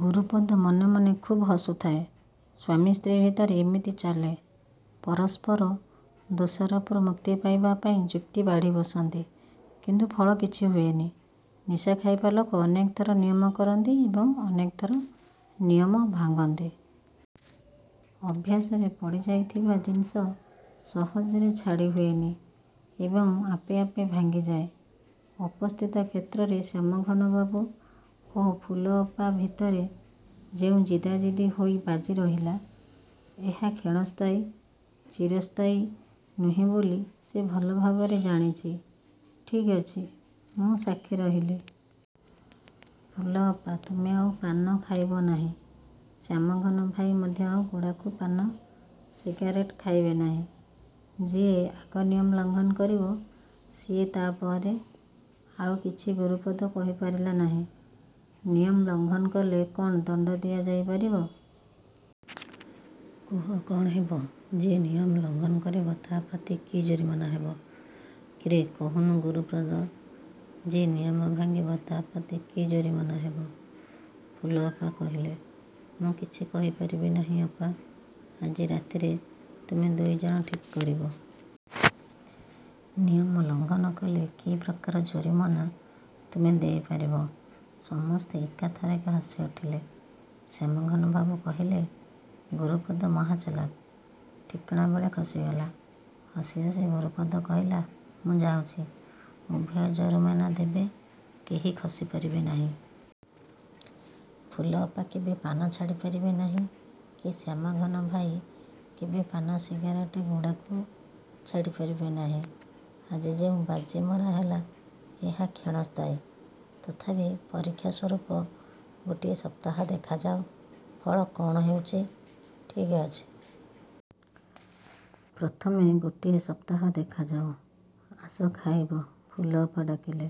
ଗୁରୁପଦ ମନେ ମନେ ଖୁବ୍ ହସୁଥାଏ। ସ୍ୱାମୀ ସ୍ତ୍ରୀ ଭିତରେ ଏମିତି ଚାଲେ। ପରସ୍ପର ଦୋଷାରୋପରୁ ମୁକ୍ତି ପାଇବା ପାଇଁ ଯୁକ୍ତି ବାଢ଼ି ବସନ୍ତି। କିନ୍ତୁ ଫଳ କିଛି ହୁଏନି। ନିଶା ଖାଇବା ଲୋକ ଅନେକ ଥର ନିୟମ କରନ୍ତି ଏବଂ ଅନେକ ଥର ନିୟମ ଭାଙ୍ଗନ୍ତି। ଅଭ୍ୟାସରେ ପଡ଼ିଯାଇଥିବା ଜିନିଷ ସହଜରେ ଛାଡ଼ି ହୁଏନି ଏବଂ ଆପେ ଆପେ ଭାଙ୍ଗିଯାଏ। ଉପସ୍ଥିତ କ୍ଷେତ୍ରରେ ଶ୍ୟାମଘନବାବୁ ଓ ଫୁଲଅପା ଭିତରେ ଯେଉଁ ଜିଦା ଜିଦି ହୋଇ ବାଜି ରହିଲା, ଏହା କ୍ଷଣସ୍ଥାୟୀ, ଚିରସ୍ଥାୟୀ ନୁହେଁ ବୋଲି ସେ ଭଲ ଭାବରେ ଜାଣିଛି। ଠିକ୍ ଅଛି ମୁଁ ସାକ୍ଷୀ ରହିଲି। ଫୁଲଅପା ତୁମେ ଆଉ ପାନ ଖାଇବ ନାହିଁ। ଶ୍ୟାମଘନ ଭାଇ ମଧ୍ୟ ଆଉ ଗୁଡ଼ାଖୁ, ପାନ, ସିଗାରେଟ ଖାଇବେ ନାହିଁ। ଯିଏ ଆଗ ନିୟମ ଲଙ୍ଗନ କରିବ ସିଏ ତା' ପରେ ଆଉ କିଛି ଗୁରୁପଦ କହିପାରିଲା ନାହିଁ। ନିୟମ ଲଙ୍ଘନ କଲେ କ'ଣ ଦଣ୍ଡ ଦିଆ ଯାଇ ପାରିବ। କୁହ କ'ଣ ହେବ? ଯିଏ ନିୟମ ଲଙ୍ଘନ କରିବ ତା' ପ୍ରତି କି ଜୋରିମାନା ହେବ? କିରେ କହୁନୁ ଗୁରୁପଦ। ଯିଏ ନିୟମ ଭାଙ୍ଗିବ ତା' ପ୍ରତି କି ଜୋରିମାନା ହେବ? ଫୁଲଅପା କହିଲେ। ମୁଁ କିଛି କହିପାରିବି ନାହିଁ ଅପା। ଆଜି ରାତିରେ ତୁମେ ଦୁଇଜଣ ଠିକ୍ କରିବ। ନିୟମ ଲଙ୍ଘନ କଲେ କି ପ୍ରକାର ଜୋରିମାନା ତୁମେ ଦେଇ ପାରିବ। ସମସ୍ତେ ଏକା ଥରକେ ହସି ଉଠିଲେ। ଶ୍ୟାମଘନବାବୁ କହିଲେ ଗୁରୁପଦ ମହା ଚାଲାଖ। ଠିକଣା ବେଳେ ଖସିଗଲା। ହସି ହସି ଗୁରୁପଦ କହିଲା ମୁଁ ଯାଉଛି। ଉଭୟ ଜୋରିମାନା ଦେବେ କେହି ଖସି ପାରିବେ ନାହିଁ। ଫୁଲଅପା କେବେ ପାନ ଛାଡ଼ି ପାରିବେ ନାହିଁ, କି ଶ୍ୟାମଘନ ଭାଇ କେବେ ପାନ, ସିଗାରେଟ୍ ଗୁଡ଼ାଖୁ ଛାଡ଼ି ପାରିବେ ନାହିଁ। ଆଜି ଯେଉଁ ବାଜି ମରା ହେଲା ଏହା କ୍ଷଣସ୍ଥାୟୀ। ତଥାପି ପରୀକ୍ଷା ସ୍ୱରୂପ ଗୋଟିଏ ସପ୍ତାହ ଦେଖାଯାଉ ଫଳ କ'ଣ ହେଉଛି। ଠିକ୍ ଅଛି। ପ୍ରଥମେ ଗୋଟିଏ ସପ୍ତାହ ଦେଖାଯାଉ, ଆସ ଖାଇବ, ଫୁଲଅପା ଡାକିଲେ।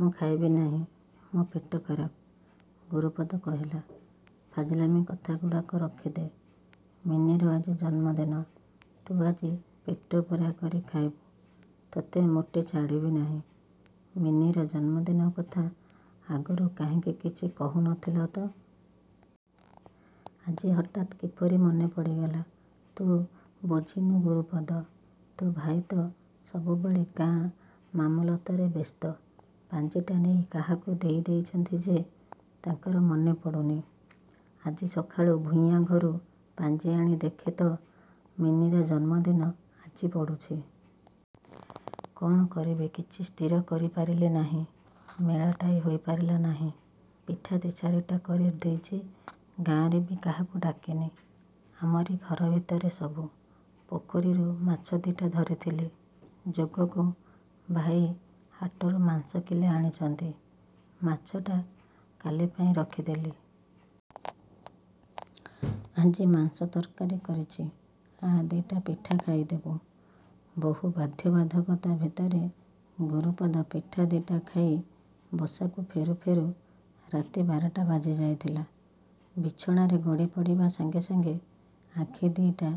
ମୁଁ ଖାଇବି ନାହିଁ। ମୋ ପେଟ୍ ଖରାପ, ଗୁରୁପଦ କହିଲା। ଫାଜିଲାମି କଥାଗୁଡ଼ାକ ରଖିଦେ। ମିନିର ଆଜି ଜନ୍ମଦିନ ତୁ ଆଜି ପେଟ ପୂରା କରି ଖାଇବୁ। ତୋତେ ମୋଟେ ଛାଡ଼ିବି ନାହିଁ। ମିନିର ଜନ୍ମଦିନ କଥା ଆଗରୁ କାହିଁକି କିଛି କହୁ ନ ଥିଲ ତ? ଆଜି ହଠାତ୍ କିପରି ମନେ ପଡ଼ିଗଲା। ତୁ ବୁଝିନୁ ଗୁରୁପଦ! ତୋ ଭାଇ ତ ସବୁବେଳେ ଗାଁ ମାମଲତରେ ବ୍ୟସ୍ତ। ପାଞ୍ଜିଟା ନେଇ କାହାକୁ ଦେଇ ଦେଇଛନ୍ତି ଯେ, ତାଙ୍କର ମନେ ପଡ଼ୁନି। ଆଜି ସକାଳୁ ଭୂୟାଁ ଘରୁ ପାଞ୍ଜି ଆଣି ଦେଖେ ତ ମିନିର ଜନ୍ମଦିନ ଆଜି ପଡ଼ୁଛି। କ'ଣ କରିବି କିଛି ସ୍ଥିର କରିପାରିଲି ନାହିଁ। ମେଳାଟାଏ ହୋଇପାରିଲା ନାହିଁ। ପିଠା ଦି'ଚାରିଟା କରି ଦେଇଛି। ଗାଁରେ ବି କାହାକୁ ଡାକିନି। ଆମରି ଘର ଭିତରେ ସବୁ। ପୋଖରୀରୁ ମାଛ ଦି'ଟା ଧରିଥିଲି। ଯୋଗକୁ ଭାଇ ହାଟରୁ ମାଂସ କିଲେ କିଣି ଆଣିଛନ୍ତି। ମାଛଟା କାଲି ପାଇଁ ରଖିଦେଲି। ଆଜି ମାଂସ ତରକାରୀ କରିଛି। ଆ ଦି'ଟା ପିଠା ଖାଇଦେବୁ। ବହୁ ବାଧ୍ୟ ବାଧ୍ୟକତା ଭିତରେ ଗୁରୁପଦ ପିଠା ଦି'ଟା ଖାଇ ବସାକୁ ଫେରୁ ଫେରୁ ରାତି ବାରଟା ବାଜି ଯାଇଥିଲା। ବିଛଣାରେ ଗଡ଼ି ପଡ଼ିବା ସାଙ୍ଗେ ସାଙ୍ଗେ ଆଖି ଦି'ଟା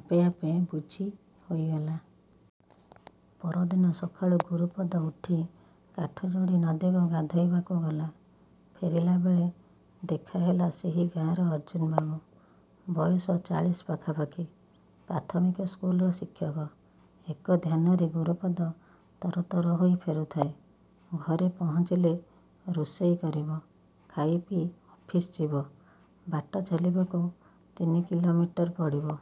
ଆପେ ଆପେ ବୁଜି ହୋଇଗଲା। ପରଦିନ ସକାଳୁ ଗୁରୁପଦ ଉଠି କାଠଯୋଡ଼ି ନଦୀକୁ ଗାଧୋଇବାକୁ ଗଲା। ଫେରିଲାବେଳେ ଦେଖାହେଲା ସେହି ଗାଁର ଅର୍ଜ୍ଜୁନବାବୁ। ବୟସ ଚାଳିଶ ପାଖାପାଖି। ପ୍ରାଥମିକ ସ୍କୁଲର ଶିକ୍ଷକ। ଏକ ଧ୍ୟାନରେ ଗୁରୁପଦ ତର ତର ହୋଇ ଫେରୁଥାଏ। ଘରେ ପହଞ୍ଚିଲେ ରୋଷେଇ କରିବ। ଖାଇ ପିଇ ଅଫିସ ଯିବ। ବାଟ ଚାଲିବାକୁ ତିନି କିଲୋମିଟର ପଡ଼ିବ।